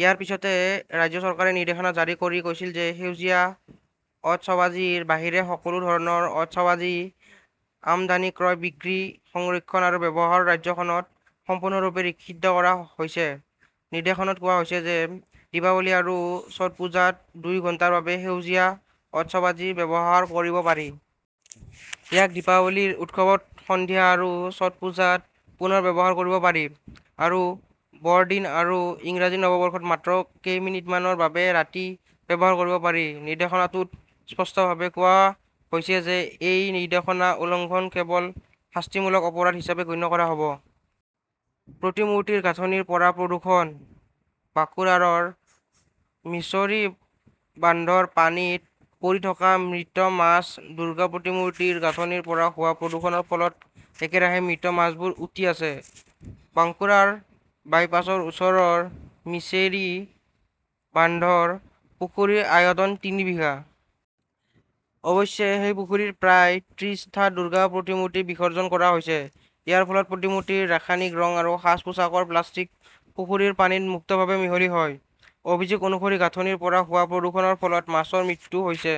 ইয়াৰ পিছতে ৰাজ্য চৰকাৰে নিৰ্দেশনা জাৰি কৰি কৈছিল যে সেউজীয়া অতচবাজীৰ বাহিৰে সকলো ধৰণৰ অতচবাজী আমদানি, ক্ৰয়, বিক্ৰী, সংৰক্ষণ আৰু ব্যৱহাৰ ৰাজ্যখনত সম্পূৰ্ণৰূপে নিষিদ্ধ কৰা হৈছে। নিৰ্দেশনাত কোৱা হৈছে যে দীপাৱলী আৰু ছট পূজাত দুই ঘণ্টাৰ বাবে সেউজীয়া অতচবাজী ব্যৱহাৰ কৰিব পাৰি। ইয়াক দীপাৱলী উৎসৱত সন্ধিয়া আৰু ছট পূজাত পূণৰ ব্যৱহাৰ কৰিব পাৰি। আৰু বৰদিন আৰু ইংৰাজী নৱবৰ্ষত মাত্ৰ কেইমিনিটৰ বাবে ৰাতি‌ ব্যৱহাৰ কৰিব পাৰি। নিৰ্দেশনাটোত স্পষ্টভাৱে কোৱা হৈছে যে এই নিৰ্দেশনা উলংঘন কেৱল শাস্তিমূলক অপৰাধ হিচাপে গণ্য কৰা হ 'ব। প্ৰতিমূৰ্তিৰ গাঁথনিৰ পৰা প্ৰদূষণ, বাঁকুৰাৰ মিছৰী বান্ধৰ পানীত পৰি থকা মৃত মাছ দুৰ্গা প্ৰতিমূৰ্তিৰ গাঁথনিৰ পৰা হোৱা প্ৰদূষণৰ ফলত একেৰাহে মৃত মাছবোৰ উটি আছে। বাঙ্কুৰাৰ বাইপাছৰ ওচৰৰ মিছেৰী বান্ধৰ পুখুৰীৰ আয়তন তিনি বিঘা। অৱশ্যে, সেই পুখুৰীত প্ৰায় ত্ৰিশটা দুৰ্গা প্ৰতিমূৰ্তি বিসৰ্জন কৰা হৈছে। ইয়াৰ ফলত প্ৰতিমূৰ্তিৰ ৰাসায়নিক ৰং আৰু সাজ-পোছাকৰ প্লাষ্টিক পুখুৰীৰ পানীত মুক্তভাৱে মিহলি হয়। অভিযোগ অনুসৰি গাঁথনিৰ পৰা হোৱা প্ৰদূষণৰ ফলত মাছৰ মৃত্যু হৈছে।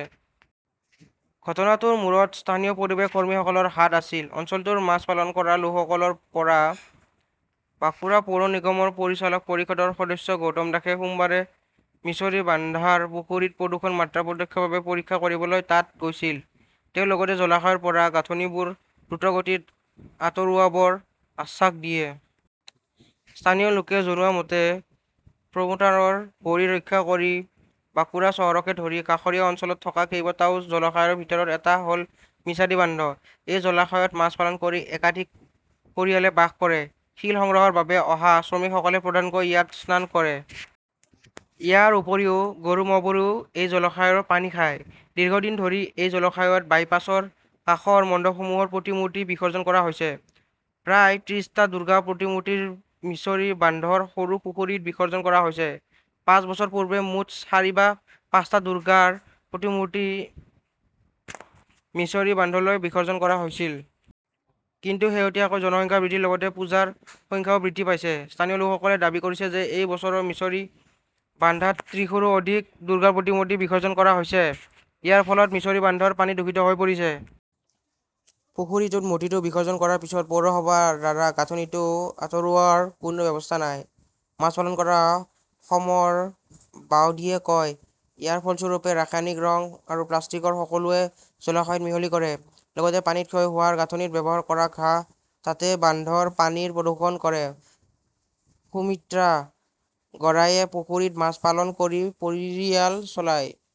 ঘটনাটোৰ মূৰত স্থানীয় পৰিৱেশ কৰ্মীসকলৰ হাত আছিল, অঞ্চলটোৰ মাছ পালন কৰা লোকসকলৰ পৰা। বাঁকুৰা পৌৰ নিগমৰ পৰিচালক পৰিষদৰ সদস্য গৌতম দাসে সোমবাৰে মিছৰী বান্ধৰ পুখুৰীত প্ৰদূষণৰ মাত্ৰা প্ৰত্যক্ষভাৱে পৰীক্ষা কৰিবলৈ তাত গৈছিল। তেওঁ লগতে জলাশয়ৰ পৰা গাঁথনিবোৰ দ্ৰুতগতিত আঁতৰোৱাৰ আশ্বাস দিয়ে। স্থানীয় লোকে জনোৱা মতে, প্ৰমোটাৰৰ ভৰি ৰক্ষা কৰি বাঁকুৰা চহৰকে ধৰি কাষৰীয়া অঞ্চলত থকা কেইবাটাও জলাশয়ৰ ভিতৰত এটা হ'ল মিছৰী বান্ধ। এই জলাশয়ত মাছ পালন কৰি একাধিক পৰিয়ালে বাস কৰে। শিল সংগ্ৰহৰ বাবে অহা শ্ৰমিকসকলে প্ৰধানকৈ ইয়াত স্নান কৰে। ইয়াৰ উপৰিও, গৰু-ম'হবোৰেও এই জলাশয়ৰ পানী খায়। দীৰ্ঘদিন ধৰি এই জলাশয়ত বাইপাছৰ কাষৰ মণ্ডপসমূহৰ প্ৰতিমূৰ্তি বিসৰ্জন কৰা হৈছে। প্ৰায় ত্ৰিশটা দুৰ্গাৰ প্ৰতিমূৰ্তি মিছৰী বান্ধৰ সৰু পুখুৰীত বিসৰ্জন কৰা হৈছে। পাঁচ বছৰ পূৰ্বে মুঠ চাৰি বা পাঁচটা দুৰ্গাৰ প্ৰতিমূৰ্তি মিছৰী বান্ধলৈ বিসৰ্জন কৰা হৈছিল। কিন্তু শেহতীয়াকৈ জনসংখ্যা বৃদ্ধিৰ লগতে পূজাৰ সংখ্যাও বৃদ্ধি পাইছে। স্থানীয় লোকসকলে দাবী কৰিছে যে এই বছৰ মিছৰী বান্ধত ত্ৰিশৰো অধিক দুৰ্গাৰ প্ৰতিমূৰ্তি বিসৰ্জন কৰা হৈছে। ইয়াৰ ফলত মিছৰী বান্ধৰ পানী দূষিত হৈ পৰিছে। পুখুৰীত মূৰ্তিটো বিসৰ্জন কৰাৰ পিছত পৌৰসভাৰ দ্বাৰা গাঁথনিটো আঁতৰোৱাৰ কোনো ব্যৱস্থা নাই, মাছ পালন কৰা সমৰ বাউদীয়ে কয়। ইয়াৰ ফলস্বৰূপে, ৰাসায়নিক ৰং আৰু প্লাষ্টিক সকলোৱে জলাশয়ত মিহলি কৰে। লগতে পানীত ক্ষয় হোৱা গাঁথনিত ব্যৱহাৰ কৰা ঘাঁহ তাতেই বান্ধৰ পানীৰ প্ৰদূষণ কৰে। সুমিত্ৰা গড়াইয়ে পুখুৰীত মাছ পালন কৰি পৰিয়াল চলায়।